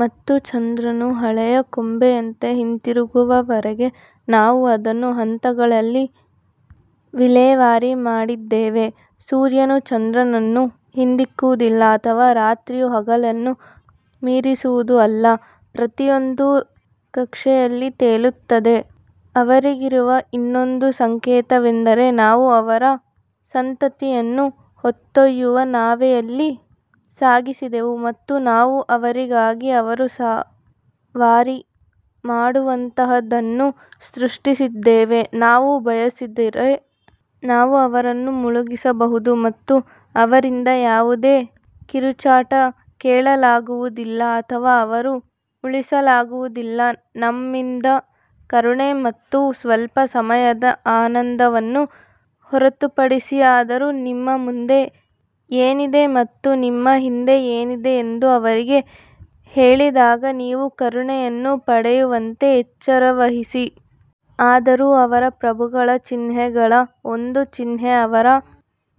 ಮತ್ತು ಚಂದ್ರನು ಹಳೆಯ ಕೊಂಬೆಯಂತೆ ಹಿಂತಿರುಗುವವರೆಗೆ ನಾವು ಅದನ್ನು ಹಂತಗಳಲ್ಲಿ ವಿಲೇವಾರಿ ಮಾಡಿದ್ದೇವೆ ಸೂರ್ಯನು ಚಂದ್ರನನ್ನು ಹಿಂದಿಕ್ಕುವುದಲ್ಲ ಅಥವಾ ರಾತ್ರಿಯು ಹಗಲನ್ನು ಮೀರಿಸುವುದು ಅಲ್ಲ, ಪ್ರತಿಯೊಂದೂ ಕಕ್ಷೆಯಲ್ಲಿ ತೇಲುತ್ತದೆ ಅವರಿಗಿರುವ ಇನ್ನೊಂದು ಸಂಕೇತವೆಂದರೆ ನಾವು ಅವರ ಸಂತತಿಯನ್ನು ಹೊತ್ತೊಯ್ಯುವ ನಾವೆಯಲ್ಲಿ ಸಾಗಿಸಿದೆವು ಮತ್ತು ನಾವು ಅವರಿಗಾಗಿ ಅವರು ಸವಾರಿ ಮಾಡುವಂತಹದನ್ನು ಸೃಷ್ಟಿಸಿದ್ದೇವೆ ನಾವು ಬಯಸಿದರೆ, ನಾವು ಅವರನ್ನು ಮುಳುಗಿಸಬಹುದು ಮತ್ತು ಅವರಿಂದ ಯಾವುದೇ ಕಿರುಚಾಟ ಕೇಳಲಾಗುವುದಿಲ್ಲ ಅಥವಾ ಅವರು ಉಳಿಸಲಾಗುವುದಿಲ್ಲ ನಮ್ಮಿಂದ ಕರುಣೆ ಮತ್ತು ಸ್ವಲ್ಪ ಸಮಯದ ಆನಂದವನ್ನು ಹೊರತುಪಡಿಸಿ ಆದರೂ ನಿಮ್ಮ ಮುಂದೆ ಏನಿದೆ ಮತ್ತು ನಿಮ್ಮ ಹಿಂದೆ ಏನಿದೆ ಎಂದು ಅವರಿಗೆ ಹೇಳಿದಾಗ ನೀವು ಕರುಣೆಯನ್ನು ಪಡೆಯುವಂತೆ ಎಚ್ಚರವಹಿಸಿ. ಆದರೂ ಅವರ ಪ್ರಭುಗಳ ಚಿಹ್ನೆಗಳ ಒಂದು ಚಿಹ್ನೆ ಅವರ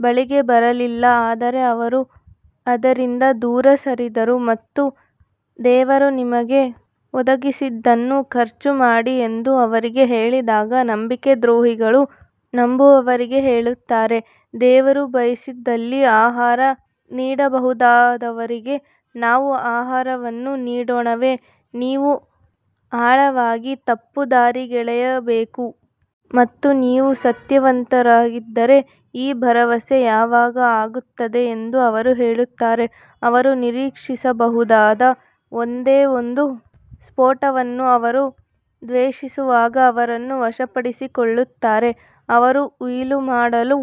ಬಳಿಗೆ ಬರಲಿಲ್ಲ ಆದರೆ ಅವರು ಅದರಿಂದ ದೂರ ಸರಿದರು ಮತ್ತು ದೇವರು ನಿಮಗೆ ಒದಗಿಸಿದ್ದನ್ನು ಖರ್ಚು ಮಾಡಿ ಎಂದು ಅವರಿಗೆ ಹೇಳಿದಾಗ ನಂಬಿಕೆ ದ್ರೋಹಿಗಳು ನಂಬುವವರಿಗೆ ಹೇಳುತ್ತಾರೆ, ದೇವರು ಬಯಸಿದಲ್ಲಿ ಆಹಾರ ನೀಡಬಹುದಾದವರಿಗೆ ನಾವು ಆಹಾರವನ್ನು ನೀಡೋಣವೇ ನೀವು ಆಳವಾಗಿ ತಪ್ಪುದಾರಿಗೆಳೆಯಬೇಕು. ಮತ್ತು ನೀವು ಸತ್ಯವಂತರಾಗಿದ್ದರೆ ಈ ಭರವಸೆ ಯಾವಾಗ ಆಗುತ್ತದೆ ಎಂದು ಅವರು ಹೇಳುತ್ತಾರೆ ಅವರು ನಿರೀಕ್ಷಿಸಬಹುದಾದ ಒಂದೇ ಒಂದು ಸ್ಫೋಟವನ್ನು ಅವರು ದ್ವೇಷಿಸುವಾಗ ಅವರನ್ನು ವಶಪಡಿಸಿಕೊಳ್ಳುತ್ತಾರೆ ಅವರು ಉಯಿಲು ಮಾಡಲು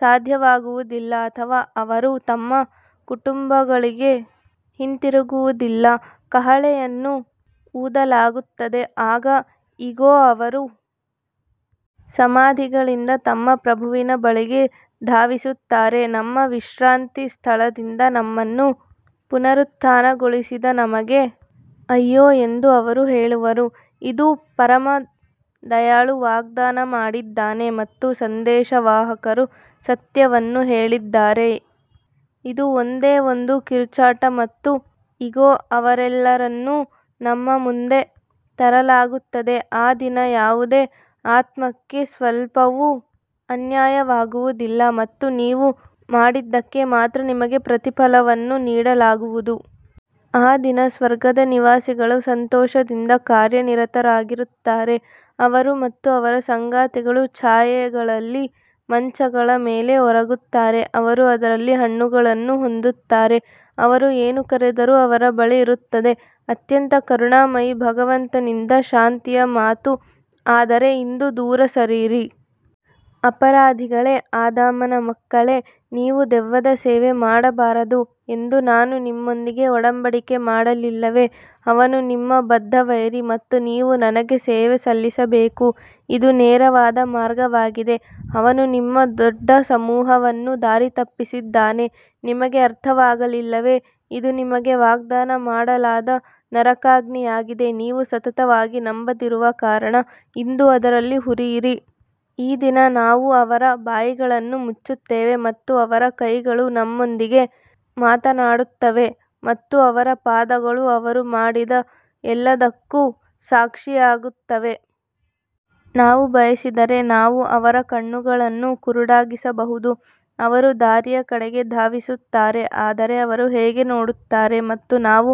ಸಾಧ್ಯವಾಗುವುದಿಲ್ಲ ಅಥವಾ ಅವರು ತಮ್ಮ ಕುಟುಂಬಗಳಿಗೆ ಹಿಂತಿರುಗುವುದಿಲ್ಲ ಕಹಳೆಯನ್ನು ಊದಲಾಗುತ್ತದೆ ಆಗ ಇಗೋ ಅವರು ಸಮಾಧಿಗಳಿಂದ ತಮ್ಮ ಪ್ರಭುವಿನ ಬಳಿಗೆ ಧಾವಿಸುತ್ತಾರೆ ನಮ್ಮ ವಿಶ್ರಾಂತಿ ಸ್ಥಳದಿಂದ ನಮ್ಮನ್ನು ಪುನರುತ್ಥಾನಗೊಳಿಸಿದ ನಮಗೆ ಅಯ್ಯೋ ಎಂದು ಅವರು ಹೇಳುವರು, ಇದು ಪರಮ ದಯಾಳು ವಾಗ್ದಾನ ಮಾಡಿದ್ದಾನೆ ಮತ್ತು ಸಂದೇಶವಾಹಕರು ಸತ್ಯವನ್ನು ಹೇಳಿದ್ದಾರೆ ಇದು ಒಂದೇ ಒಂದು ಕಿರುಚಾಟ ಮತ್ತು ಇಗೋ ಅವರೆಲ್ಲರನ್ನೂ ನಮ್ಮ ಮುಂದೆ ತರಲಾಗುತ್ತದೆ ಆ ದಿನ ಯಾವುದೇ ಆತ್ಮಕ್ಕೆ ಸ್ವಲ್ಪವೂ ಅನ್ಯಾಯವಾಗುವುದಿಲ್ಲ ಮತ್ತು ನೀವು ಮಾಡಿದ್ದಕ್ಕೆ ಮಾತ್ರ ನಿಮಗೆ ಪ್ರತಿಫಲವನ್ನು ನೀಡಲಾಗುವುದು. ಆ ದಿನ ಸ್ವರ್ಗದ ನಿವಾಸಿಗಳು ಸಂತೋಷದಿಂದ ಕಾರ್ಯನಿರತರಾಗಿರುತ್ತಾರೆ ಅವರು ಮತ್ತು ಅವರ ಸಂಗಾತಿಗಳು ಛಾಯೆಗಳಲ್ಲಿ ಮಂಚಗಳ ಮೇಲೆ ಒರಗುತ್ತಾರೆ ಅವರು ಅದರಲ್ಲಿ ಹಣ್ಣುಗಳನ್ನು ಹೊಂದುತ್ತಾರೆ, ಅವರು ಏನು ಕರೆದರೂ ಅವರ ಬಳಿ ಇರುತ್ತದೆ ಅತ್ಯಂತ ಕರುಣಾಮಯಿ ಭಗವಂತನಿಂದ ಶಾಂತಿಯ ಮಾತು ಆದರೆ ಇಂದು ದೂರ ಸರಿಯಿರಿ ಅಪರಾಧಿಗಳೇ ಆದಾಮನ ಮಕ್ಕಳೇ, ನೀವು ದೆವ್ವದ ಸೇವೆ ಮಾಡಬಾರದು ಎಂದು ನಾನು ನಿಮ್ಮೊಂದಿಗೆ ಒಡಂಬಡಿಕೆ ಮಾಡಲಿಲ್ಲವೇ, ಅವನು ನಿಮ್ಮ ಬದ್ಧ ವೈರಿ ಮತ್ತು ನೀವು ನನಗೆ ಸೇವೆ ಸಲ್ಲಿಸಬೇಕು ಇದು ನೇರವಾದ ಮಾರ್ಗವಾಗಿದೆ ಅವನು ನಿಮ್ಮ ದೊಡ್ಡ ಸಮೂಹವನ್ನು ದಾರಿತಪ್ಪಿಸಿದ್ದಾನೆ ನಿಮಗೆ ಅರ್ಥವಾಗಲಿಲ್ಲವೇ ಇದು ನಿಮಗೆ ವಾಗ್ದಾನ ಮಾಡಲಾದ ನರಕಾಗ್ನಿಯಾಗಿದೆ ನೀವು ಸತತವಾಗಿ ನಂಬದಿರುವ ಕಾರಣ ಇಂದು ಅದರಲ್ಲಿ ಹುರಿಯಿರಿ ಈ ದಿನ ನಾವು ಅವರ ಬಾಯಿಗಳನ್ನು ಮುಚ್ಚುತ್ತೇವೆ ಮತ್ತು ಅವರ ಕೈಗಳು ನಮ್ಮೊಂದಿಗೆ ಮಾತನಾಡುತ್ತವೆ ಮತ್ತು ಅವರ ಪಾದಗಳು ಅವರು ಮಾಡಿದ ಎಲ್ಲದಕ್ಕೂ ಸಾಕ್ಷಿಯಾಗುತ್ತವೆ. ನಾವು ಬಯಸಿದರೆ ನಾವು ಅವರ ಕಣ್ಣುಗಳನ್ನು ಕುರುಡಾಗಿಸಬಹುದು ಅವರು ದಾರಿಯ ಕಡೆಗೆ ಧಾವಿಸುತ್ತಾರೆ ಆದರೆ ಅವರು ಹೇಗೆ ನೋಡುತ್ತಾರೆ ಮತ್ತು ನಾವು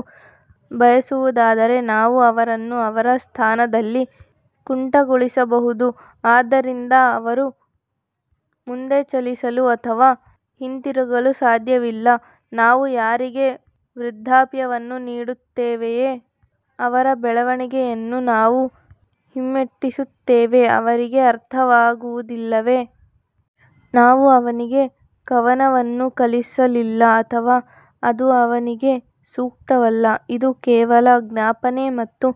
ಬಯಸುವುದಾದರೆ ನಾವು ಅವರನ್ನು ಅವರ ಸ್ಥಾನದಲ್ಲಿ ಕುಂಟಗೊಳಿಸಬಹುದು, ಆದ್ದರಿಂದ ಅವರು ಮುಂದೆ ಚಲಿಸಲು ಅಥವಾ ಹಿಂತಿರುಗಲು ಸಾಧ್ಯವಿಲ್ಲ ನಾವು ಯಾರಿಗೆ ವೃದ್ಧಾಪ್ಯವನ್ನು ನೀಡುತ್ತೇವೆಯೋ ಅವರ ಬೆಳವಣಿಗೆಯನ್ನು ನಾವು ಹಿಮ್ಮೆಟ್ಟಿಸುತ್ತೇವೆ ಅವರಿಗೆ ಅರ್ಥವಾಗುವುದಿಲ್ಲವೇ? ನಾವು ಅವನಿಗೆ ಕವನವನ್ನು ಕಲಿಸಲಿಲ್ಲ ಅಥವಾ ಅದು ಅವನಿಗೆ ಸೂಕ್ತವಲ್ಲ, ಇದು ಕೇವಲ ಜ್ಞಾಪನೆ ಮತ್ತು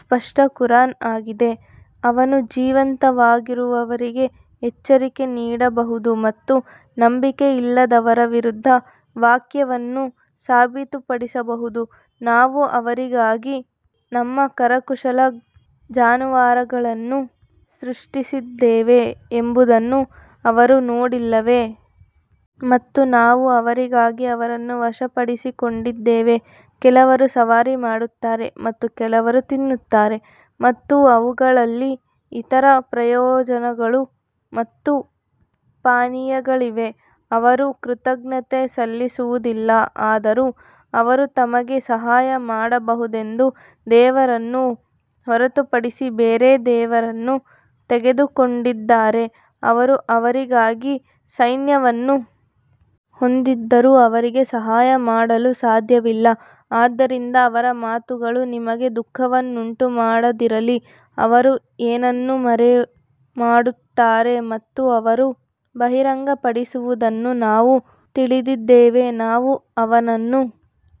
ಸ್ಪಷ್ಟ ಕುರಾನ್ ಆಗಿದೆ ಅವನು ಜೀವಂತವಾಗಿರುವವರಿಗೆ ಎಚ್ಚರಿಕೆ ನೀಡಬಹುದು ಮತ್ತು ನಂಬಿಕೆಯಿಲ್ಲದವರ ವಿರುದ್ಧ ವಾಕ್ಯವನ್ನು ಸಾಬೀತುಪಡಿಸಬಹುದು ನಾವು ಅವರಿಗಾಗಿ ನಮ್ಮ ಕರಕುಶಲ ಜಾನುವಾರುಗಳನ್ನು ಸೃಷ್ಟಿಸಿದ್ದೇವೆ ಎಂಬುದನ್ನು ಅವರು ನೋಡಿಲ್ಲವೇ? ಮತ್ತು ನಾವು ಅವರಿಗಾಗಿ ಅವರನ್ನು ವಶಪಡಿಸಿಕೊಂಡಿದ್ದೇವೆ, ಕೆಲವರು ಸವಾರಿ ಮಾಡುತ್ತಾರೆ ಮತ್ತು ಕೆಲವರು ತಿನ್ನುತ್ತಾರೆ ಮತ್ತು ಅವುಗಳಲ್ಲಿ ಇತರ ಪ್ರಯೋಜನಗಳು ಮತ್ತು ಪಾನೀಯಗಳಿವೆ, ಅವರು ಕೃತಜ್ಞತೆ ಸಲ್ಲಿಸುವುದಿಲ್ಲ ಆದರೂ ಅವರು ತಮಗೆ ಸಹಾಯ ಮಾಡಬಹುದೆಂದು ದೇವರನ್ನು ಹೊರತುಪಡಿಸಿ ಬೇರೆ ದೇವರುಗಳನ್ನು ತೆಗೆದುಕೊಂಡಿದ್ದಾರೆ ಅವರು ಅವರಿಗಾಗಿ ಸೈನ್ಯವನ್ನು ಹೊಂದಿದ್ದರೂ ಅವರಿಗೆ ಸಹಾಯ ಮಾಡಲು ಸಾಧ್ಯವಿಲ್ಲ ಆದ್ದರಿಂದ ಅವರ ಮಾತುಗಳು ನಿಮಗೆ ದುಃಖವನ್ನುಂಟು ಮಾಡದಿರಲಿ, ಅವರು ಏನನ್ನು ಮರೆಮಾಡುತ್ತಾರೆ ಮತ್ತು ಅವರು ಬಹಿರಂಗಪಡಿಸುವುದನ್ನು ನಾವು ತಿಳಿದಿದ್ದೇವೆ ನಾವು ಅವನನ್ನು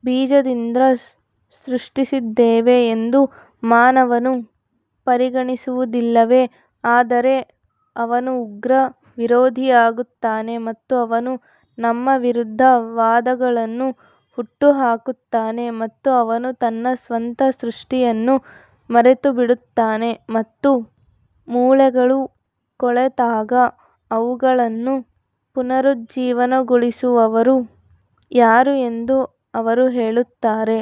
ಬೀಜದಿಂದ ಸೃಷ್ಟಿಸಿದ್ದೇವೆ ಎಂದು ಮಾನವನು ಪರಿಗಣಿಸುವುದಿಲ್ಲವೇ ಆದರೆ ಅವನು ಉಗ್ರ ವಿರೋಧಿಯಾಗುತ್ತಾನೆ ಮತ್ತು ಅವನು ನಮ್ಮ ವಿರುದ್ಧ ವಾದಗಳನ್ನು ಹುಟ್ಟುಹಾಕುತ್ತಾನೆ ಮತ್ತು ಅವನು ತನ್ನ ಸ್ವಂತ ಸೃಷ್ಟಿಯನ್ನು ಮರೆತುಬಿಡುತ್ತಾನೆ ಮತ್ತು ಮೂಳೆಗಳು ಕೊಳೆತಾಗ ಅವುಗಳನ್ನು ಪುನರುಜ್ಜೀವನಗೊಳಿಸುವವರು ಯಾರು ಎಂದು ಅವರು ಹೇಳುತ್ತಾರೆ.